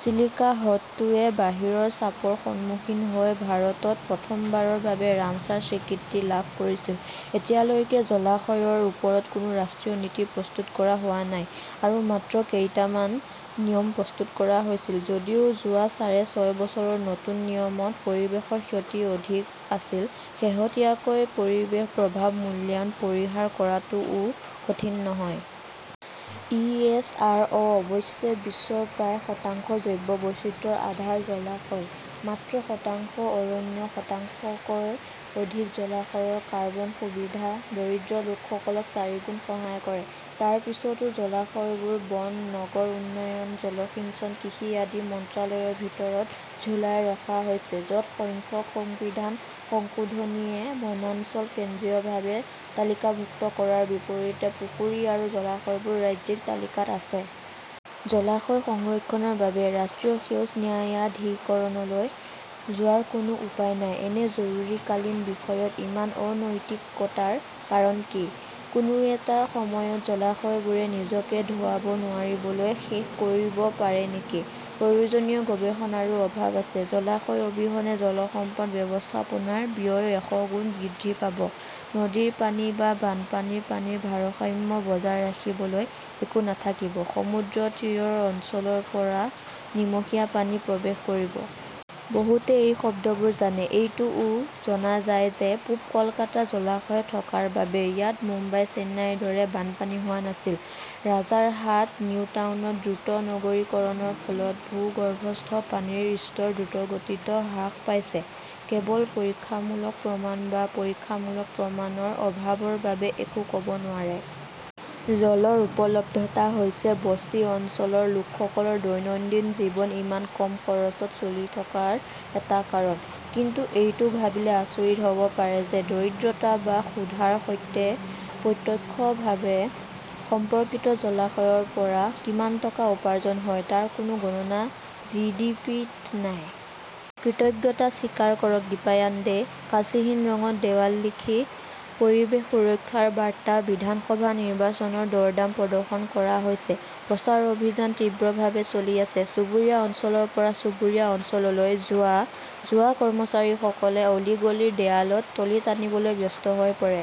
চিলিকা হ্ৰদটোৱে বাহিৰৰ চাপৰ সন্মুখীন হৈ ভাৰতত প্ৰথমবাৰৰ বাবে ৰামছাৰ স্বীকৃতি লাভ কৰিছিল, এতিয়ালৈকে জলাশয়ৰ ওপৰত কোনো ৰাষ্ট্ৰীয় নীতি প্ৰস্তুত কৰা হোৱা নাই। আৰু মাত্ৰ কেইটামান নিয়ম প্ৰস্তুত কৰা হৈছিল, যদিও যোৱা সাঢ়ে ছয় বছৰৰ নতুন নিয়মত পৰিৱেশৰ ক্ষতি অধিক আছিল, শেহতীয়াকৈ পৰিৱেশ প্ৰভাৱ মূল্যায়ন পৰিহাৰ কৰাটোও কঠিন নহয়। ই. এছ. আৰ. অ. অৱশ্যে, বিশ্বৰ প্ৰায় শতাংশ জৈৱ বৈচিত্ৰ্যৰ আধাৰ জলাশয়, মাত্ৰ শতাংশ অৰণ্য, শতাংশকৈ অধিক জলাশয়ৰ কাৰ্বন সুবিধা, দৰিদ্ৰ লোকসকলক চাৰিগুণ সহায় কৰে। তাৰ পিছতো জলাশয়বোৰ বন, নগৰ উন্নয়ন, জলসিঞ্চন, কৃষি আদি মন্ত্ৰালয়ৰ ভিতৰত ঝুলাই ৰখা হৈছে, য 'ত সংখ্যক সংবিধান সংশোধনীয়ে বনাঞ্চল কেন্দ্ৰীয়ভাৱে তালিকাভুক্ত কৰাৰ বিপৰীতে পুখুৰী আৰু জলাশয়বোৰ ৰাজ্যিক তালিকাত আছে। জলাশয় সংৰক্ষণৰ বাবে ৰাষ্ট্ৰীয় সেউজ ন্যায়াধিকৰণলৈ যোৱাৰ কোনো উপায় নাই। এনে জৰুৰীকালীন বিষয়ত ইমান অনৈতিকতাৰ কাৰণ কি? কোনো এটা সময়ত জলাশয়বোৰে নিজকে ধোঁৱাব নোৱাৰিবলৈ শেষ কৰিব পাৰে নেকি? প্ৰয়োজনীয় গৱেষণাৰো অভাৱ আছে। জলাশয় অবিহনে জল সম্পদ ব্যৱস্থাপনাৰ ব্যয় এশগুণ বৃদ্ধি পাব, নদীৰ পানী বা বানপানীৰ পানীৰ ভাৰসাম্য বজাই ৰাখিবলৈ একো নাথাকিব, সমুদ্ৰতীৰৰ অঞ্চলৰ পৰা নিমখীয়া পানী প্ৰৱেশ কৰিব। বহুতে এই শব্দবোৰ জানে। এইটোও জনা যায় যে পূব কলকাতা জলাশয় থকাৰ বাবে ইয়াত মুম্বাই-চেন্নাইৰ দৰে বানপানী হোৱা নাছিল, ৰাজাৰহাট-নিউটাউনত দ্ৰুত নগৰীকৰণৰ ফলত ভূগৰ্ভস্থ পানীৰ স্তৰ দ্ৰুতগতিত হ্ৰাস পাইছে, কেৱল 'পৰীক্ষামূলক প্ৰমাণ বা পৰীক্ষামূলক প্ৰমাণৰ অভাৱৰ বাবে একো ক'ব নোৱাৰে। জলৰ উপলব্ধতা হৈছে বস্তি অঞ্চলৰ লোকসকলৰ দৈনন্দিন জীৱন ইমান কম খৰচত চলি থকাৰ এটা কাৰণ। কিন্তু এইটো ভাবিলে আচৰিত হ'ব পাৰে যে দৰিদ্ৰতা বা ক্ষুধাৰ সৈতে প্ৰত্যক্ষভাৱে সম্পৰ্কিত জলাশয়ৰ পৰা কিমান টকা উপাৰ্জন হয় তাৰ কোনো গণনা জিডিপি-ত নাই। কৃতজ্ঞতা স্বীকাৰ কৰক দীপায়ান দে। কাঁচিহীন ৰঙত দেৱাল লিখি পৰিৱেশ সুৰক্ষাৰ বাৰ্তা বিধানসভা নিৰ্বাচনৰ দৰদাম প্ৰদৰ্শন কৰা হৈছে। প্ৰচাৰ অভিযান তীব্ৰভাৱে চলি আছে। চুবুৰীয়া অঞ্চলৰ পৰা চুবুৰীয়া অঞ্চললৈ যোৱা-যোৱা কৰ্মচাৰীসকলে অলি-গলিৰ দেৱালত টলি টানিবলৈ ব্যস্ত হৈ পৰে।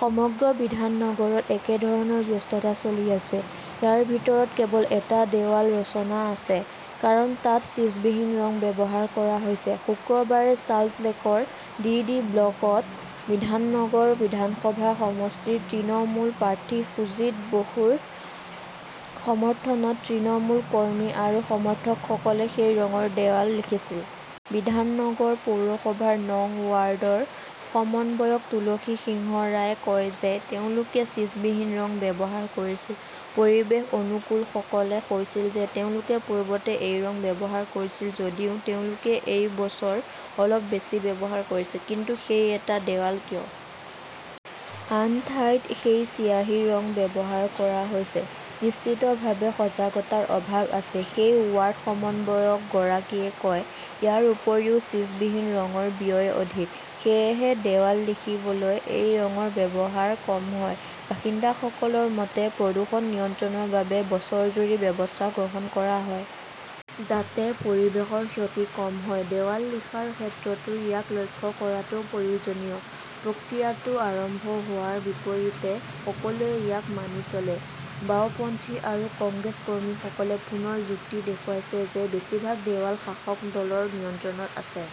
সমগ্ৰ বিধান নগৰত একেধৰণৰ ব্যস্ততা চলি আছে। ইয়াৰ ভিতৰত কেৱল এটা দেৱাল ৰচনা আছে। কাৰণ, তাত ছিছবিহীন ৰং ব্যৱহাৰ কৰা হৈছে। শুক্ৰবাৰে চাল্টলেকৰ ডিডি ব্লকত, বিধাননগৰ বিধানসভা সমষ্টিৰ তৃণমূল প্ৰাৰ্থী সুজিত বসুৰ সমৰ্থনত তৃণমূল কৰ্মী আৰু সমৰ্থকসকলে সেই ৰঙৰ দেৱাল লিখিছিল। বিধাননগৰ পৌৰসভাৰ নং ৱাৰ্ডৰ সমন্বয়ক তুলসী সিংহৰাই কয় যে তেওঁলোকে ছিছবিহীন ৰং ব্যৱহাৰ কৰিছিল। পৰিৱেশ অনুকূলসকলে কৈছিল যে তেওঁলোকে পূৰ্বতে এই ৰং ব্যৱহাৰ কৰিছিল যদিও তেওঁলোকে এই বছৰ অলপ বেছি ব্যৱহাৰ কৰিছে। কিন্তু সেই এটা দেৱাল কিয়? আন ঠাইত সেই চিয়াঁহী ৰং ব্যৱহাৰ কৰা হৈছে। নিশ্চিতভাৱে সজাগতাৰ অভাৱ আছে, সেই ৱাৰ্ড সমন্বয়কগৰাকীয়ে কয়। ইয়াৰ উপৰিও, ছিছবিহীন ৰঙৰ ব্যয় অধিক। সেয়েহে দেৱাল লিখিবলৈ এই ৰঙৰ ব্যৱহাৰ কম হয়। বাসিন্দাসকলৰ মতে, প্ৰদূষণ নিয়ন্ত্ৰণৰ বাবে বছৰজুৰি ব্যৱস্থা গ্ৰহণ কৰা হয়। যাতে পৰিৱেশৰ ক্ষতি কম হয়, দেৱাল লিখাৰ ক্ষেত্ৰতো ইয়াক লক্ষ্য কৰাটো প্ৰয়োজনীয়। প্ৰক্ৰিয়াটো আৰম্ভ হোৱাৰ বিপৰীতে সকলোৱে ইয়াক মানি চলে। বাওঁপন্থী আৰু কংগ্ৰেছ কৰ্মীসকলে পুনৰ যুক্তি দেখুৱাইছে যে বেছিভাগ দেৱাল শাসক দলৰ নিয়ন্ত্ৰণত আছে।